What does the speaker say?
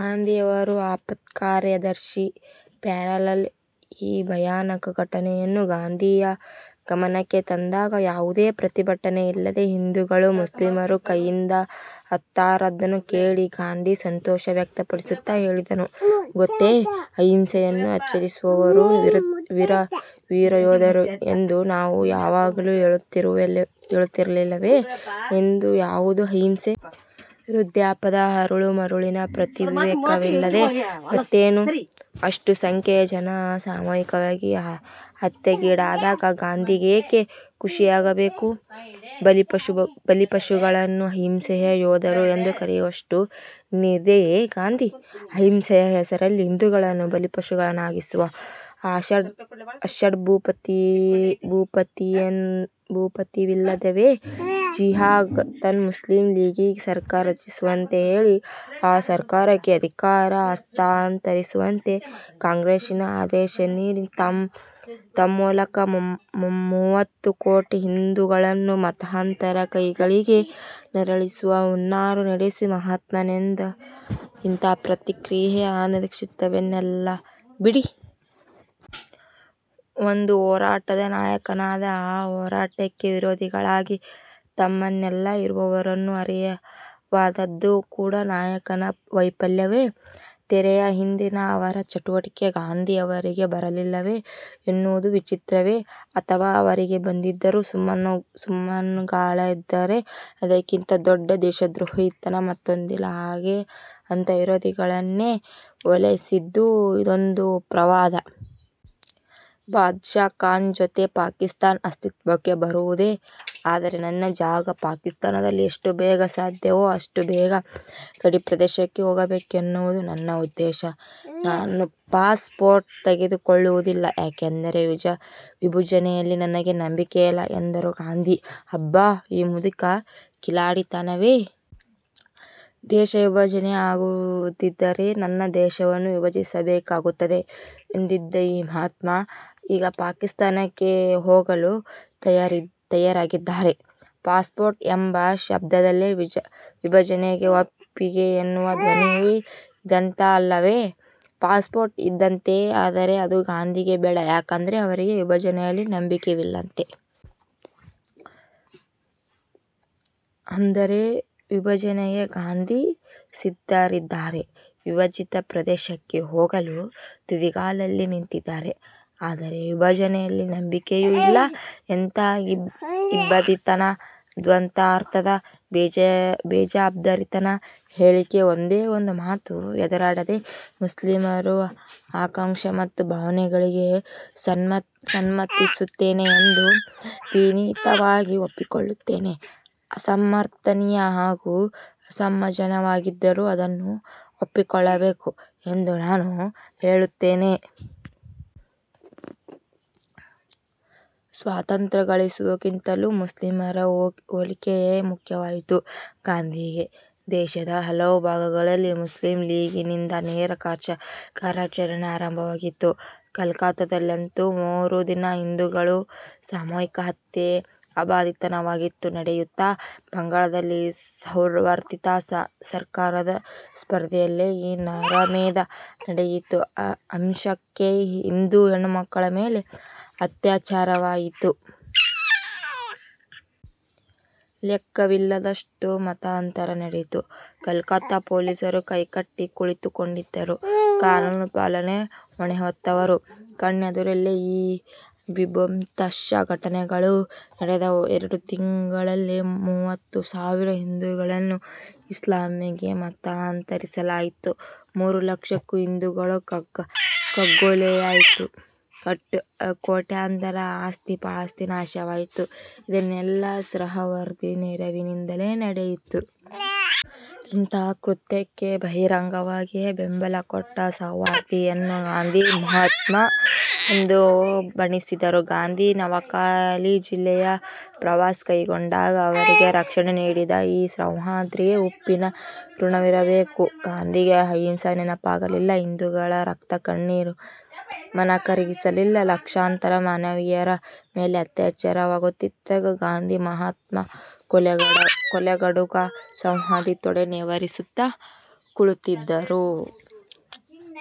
ಗಾಂಧಿಯವರ ಆಪ್ತ, ಕಾರ್ಯದರ್ಶಿ ಪ್ಯಾರೇಲಾಲ್ ಈ ಭಯಾನಕ ಘಟನೆಯನ್ನು ಗಾಂಧಿಯ ಗಮನಕ್ಕೆ ತಂದಾಗ ಯಾವುದೇ ಪ್ರತಿಭಟನೆಯಿಲ್ಲದೆ ಹಿಂದೂಗಳು ಮುಸ್ಲಿಮರ ಕೈಯಿಂದ ಹತರಾದುದನ್ನು ಕೇಳಿ ಗಾಂಧಿ ಸಂತೋಷ ವ್ಯಕ್ತಪಡಿಸುತ್ತಾ ಹೇಳಿದ್ದೇನು ಗೊತ್ತೇ? "ಅಹಿಂಸೆಯನ್ನು ಆಚರಿಸುವವರು ವೀರ ಯೋಧರು ಎಂದು ನಾನು ಯಾವಾಗಲೂ ಹೇಳುತ್ತಿರಲಿಲ್ಲವೇ? " ಎಂದು.. ಯಾವುದು ಅಹಿಂಸೆ? ವೃದ್ದಾಪ್ಯದ ಅರಳು-ಮರಳಿನ ಪ್ರತೀಕವಿದಲ್ಲದೆ ಮತ್ತಿನ್ನೇನು? ಅಷ್ಟು ಸಂಖ್ಯೆಯ ಜನ ಸಾಮೂಹಿಕವಾಗಿ ಹತ್ಯೆಗೀಡಾದಾಗ ಗಾಂಧಿಗೇಕೆ ಖುಷಿಯಾಗಬೇಕು? ಬಲಿಪಶುಗಳನ್ನು ಅಹಿಂಸೆಯ ಯೋಧರು ಎಂದು ಕರೆಯುವಷ್ಟು ನಿರ್ದಯಿಯೇ ಗಾಂಧಿ? ಅಹಿಂಸೆಯ ಹೆಸರಲ್ಲಿ ಹಿಂದೂಗಳನ್ನು ಬಲಿಪಶುಗಳನ್ನಾಗಿಸುವ ಆಷಾಢಭೂತಿತನವಿದಲ್ಲವೇ? ಜಿನ್ನಾ ಹಾಗಾತನ ಮುಸ್ಲಿಂ ಲೀಗಿಗೆ ಸರ್ಕಾರ ರಚಿಸುವಂತೆ ಹೇಳಿ, ಆ ಸರ್ಕಾರಕ್ಕೆ ಅಧಿಕಾರ ಹಸ್ತಾಂತರಿಸುವಂತೆ ಕಾಂಗ್ರೆಸ್ಸಿಗೆ ಆದೇಶ ನೀಡಿ ತನ್ಮೂಲಕ ಮೂವತ್ತು ಕೋಟಿ ಹಿಂದೂಗಳನ್ನು ಮತಾಂಧರ ಕೈಕೆಳಗೆ ನರಳಿಸುವ ಹುನ್ನಾರ ನಡೆಸಿದ ಮಹಾತ್ಮನಿಂದ ಇಂತಹ ಪ್ರತಿಕ್ರಿಯೆ ಅನಿರೀಕ್ಷಿತವೇನಲ್ಲ ಬಿಡಿ! ಒಂದು ಹೋರಾಟದ ನಾಯಕನಾದವ ಆ ಹೋರಾಟಕ್ಕೆ ವಿರೋಧಿಗಳಾಗಿ ತಮ್ಮಲ್ಲೇ ಇರುವವರನ್ನು ಅರಿಯದಾದದ್ದು ಕೂಡಾ ನಾಯಕನ ವೈಫಲ್ಯವೇ. ತೆರೆಯ ಹಿಂದಿನ ಅವರ ಚಟುವಟಿಕೆ ಗಾಂಧಿಯ ಅರಿವಿಗೇ ಬರಲಿಲ್ಲ ಎನ್ನುವುದೂ ವಿಚಿತ್ರವೇ. ಅಥವಾ ಅರಿವಿಗೆ ಬಂದಿದ್ದರೂ ಸುಮ್ಮನಾಗುಳಿದಿದ್ದರೆ ಅದಕ್ಕಿಂತ ದೊಡ್ದ ದೇಶದ್ರೋಹಿತನ ಮತ್ತೊಂದಿಲ್ಲ. ಹಾಗೆಯೇ ಅಂತಹ ವಿರೋಧಿಗಳನ್ನೇ ಓಲೈಸಿದ್ದು ಇನ್ನೊಂದು ಪ್ರಮಾದ! ಬಾದಶಾ ಖಾನ್ ಜೊತೆ "ಪಾಕಿಸ್ತಾನ ಅಸ್ತಿತ್ವಕ್ಕೆ ಬರುವುದೇ ಆದರೆ ನನ್ನ ಜಾಗ ಪಾಕಿಸ್ತಾನದಲ್ಲಿ. ಎಷ್ಟು ಬೇಗ ಸಾಧ್ಯವೋ ಅಷ್ಟು ಬೇಗ ಗಡಿಪ್ರದೇಶಕ್ಕೆ ಹೋಗಬೇಕೆನ್ನುವುದು ನನ್ನ ಉದ್ದೇಶ. ನಾನು ಪಾಸ್ ಪೋರ್ಟ್ ತೆಗೆದುಕೊಳ್ಳುವುದಿಲ್ಲ. ಯಾಕೆಂದರೆ ವಿಭಜನೆಯಲ್ಲಿ ನನಗೆ ನಂಬಿಕೆಯಿಲ್ಲ. " ಎಂದರು ಗಾಂಧಿ. ಅಬ್ಬಾ ಈ ಮುದುಕನ ಕಿಲಾಡಿತನವೇ! ದೇಶವಿಭಜನೆ ಆಗುವುದಿದ್ದರೆ ನನ್ನ ದೇಹವನ್ನು ವಿಭಜಿಸಬೇಕಾಗುತ್ತದೆ ಎಂದಿದ್ದ ಈ ಮಹಾತ್ಮ ಈಗ ಪಾಕಿಸ್ತಾನಕ್ಕೆ ಹೋಗಲೂ ತಯಾರಾಗಿದ್ದಾರೆ! ಪಾಸ್ ಪೋರ್ಟ್ ಎಂಬ ಶಬ್ಧದಲ್ಲೆ ವಿಭಜನೆಗೆ ಒಪ್ಪಿಗೆ ಎನ್ನುವ ಧ್ವನಿಯೂ ಇದ್ದಂತೆ ಅಲ್ಲವೇ. ಪಾಸ್ ಪೋರ್ಟ್ ಇದೆಯಂತೆ. ಆದರೆ ಅದು ಗಾಂಧಿಗೆ ಬೇಡ. ಯಾಕೆಂದರೆ ಅವರಿಗೆ ವಿಭಜನೆಯಲ್ಲಿ ನಂಬಿಕೆಯಿಲ್ಲವಂತೆ. ಅಂದರೆ ವಿಭಜನೆಗೆ ಗಾಂಧಿ ಸಿದ್ಧರಿದ್ದಾರೆ, ವಿಭಜಿತ ಪ್ರದೇಶಕ್ಕೆ ಹೋಗಲೂ ತುದಿಗಾಲಲ್ಲಿ ನಿಂತಿದ್ದಾರೆ, ಆದರೆ ವಿಭಜನೆಯಲ್ಲಿ ನಂಬಿಕೆಯಿಲ್ಲ! ಎಂತಹಾ ಇಬ್ಬಂದಿತನ, ದ್ವಂದ್ವಾರ್ಥದ, ಬೇಜವಾಬ್ದಾರಿತನದ ಹೇಳಿಕೆ! "ಒಂದೇ ಒಂದು ಮಾತು ಎದುರಾಡದೆ ಮುಸ್ಲಿಮರ ಆಕಾಂಕ್ಷೆ ಮತ್ತು ಭಾವನೆಗಳಿಗೆ ಸಮ್ಮತಿಸುತ್ತೇನೆ ಎಂದು ವಿನೀತನಾಗಿ ಒಪ್ಪಿಕೊಳ್ಳುತ್ತೇನೆ. ಅಸಮರ್ಥನೀಯ ಹಾಗೂ ಅಸಮಂಜಸವಾಗಿದ್ದರೂ ಅದನ್ನು ಒಪ್ಪಿಕೊಳ್ಳಬೇಕು ಎಂದು ನಾನು ಹೇಳುತ್ತೇನೆ. ಸ್ವಾತಂತ್ರ್ಯಗಳಿಸುವುದಕ್ಕಿಂತಲೂ ಮುಸ್ಲಿಮರ ಓಲೈಕೆಯೇ ಮುಖ್ಯವಾಯಿತು ಗಾಂಧಿಗೆ! ದೇಶದ ಹಲವು ಭಾಗಗಳಲ್ಲಿ ಮುಸ್ಲಿಂ ಲೀಗಿನಿಂದ ನೇರ ಕಾರ್ಯಾಚರಣೆ ಆರಂಭವಾಗಿತ್ತು. ಕಲ್ಕತ್ತಾದಲ್ಲಂತೂ ಮೂರು ದಿನ ಹಿಂದೂಗಳ ಸಾಮೂಹಿಕ ಹತ್ಯೆ ಅಬಾಧಿತವಾಗಿ ನಡೆಯಿತು. ಬಂಗಾಳದಲ್ಲಿದ್ದ ಸುಹ್ರಾವರ್ದಿ ಸರಕಾರದ ಸುಪರ್ದಿಯಲ್ಲೇ ಈ ನರಮೇಧ ನಡೆಯಿತು. ಅಸಂಖ್ಯ ಹಿಂದೂ ಹೆಣ್ಣುಮಕ್ಕಳ ಮೇಲೆ ಅತ್ಯಾಚಾರವಾಯಿತು. ಲೆಖ್ಖವಿಲ್ಲದಷ್ಟು ಮತಾಂತರ ನಡೆಯಿತು. ಕಲ್ಕತ್ತಾ ಪೊಲೀಸರು ಕೈಕಟ್ಟಿ ಕುಳಿತುಕೊಂಡಿದ್ದರು. ಕಾನೂನು ಪಾಲನೆ ಹೊಣೆಹೊತ್ತವರ ಕಣ್ಣೆದುರಲ್ಲೇ ಈ ಭೀಭತ್ಸ ಘಟನೆಗಳು ನಡೆದವು. ಎರಡು ತಿಂಗಳಲ್ಲಿ ಮೂವತ್ತು ಸಾವಿರ ಹಿಂದೂಗಳನ್ನು ಇಸ್ಲಾಮಿಗೆ ಮತಾಂತರಿಸಲಾಯಿತು. ಮೂರು ಲಕ್ಷಕ್ಕೂ ಹಿಂದೂಗಳ ಕಗ್ಗೊಲೆಯಾಯಿತು. ಕೋಟ್ಯಾಂತರ ಆಸ್ತಿಪಾಸ್ತಿ ನಾಶವಾಯಿತು. ಇದೆಲ್ಲಾ ಸುಹ್ರಾವರ್ದಿಯ ನೆರವಿನಿಂದಲೇ ನಡೆಯಿತು. ಇಂತಹ ಕುಕೃತ್ಯಕ್ಕೆ ಬಹಿರಂಗವಾಗಿಯೇ ಬೆಂಬಲ ಕೊಟ್ಟ ಸುಹ್ರಾವರ್ದಿಯನ್ನು ಗಾಂಧಿ "ಹುತಾತ್ಮ" ಎಂದು ಬಣ್ಣಿಸಿದರು. ಗಾಂಧಿ ನವಖಾಲಿ ಜಿಲ್ಲೆಯ ಪ್ರವಾಸ ಕೈಗೊಂಡಾಗ ಅವರಿಗೆ ರಕ್ಷಣೆ ನೀಡಿದ್ದು ಈ ಸುಹ್ರಾವರ್ದಿಯೇ. ಉಪ್ಪಿನ ಋಣವಿರಬೇಕು! ಗಾಂಧಿಗೆ ಅಹಿಂಸೆ ನೆನಪಾಗಲಿಲ್ಲ! ಹಿಂದೂಗಳ ರಕ್ತ ಕಣ್ಣೀರು ಮನಕರಗಿಸಲಿಲ್ಲ. ಲಕ್ಷಾಂತರ ಮಾನಿನಿಯರ ಮೇಲೆ ಅತ್ಯಾಚಾರವಾಗುತ್ತಿದ್ದಾಗ ಗಾಂಧಿ ಮಹಾತ್ಮ ಕೊಲೆಗಡುಗ ಸುಹ್ರಾವರ್ದಿಯ ತೊಡೆ ನೇವರಿಸುತ್ತಾ ಕುಳಿತಿದ್ದರು!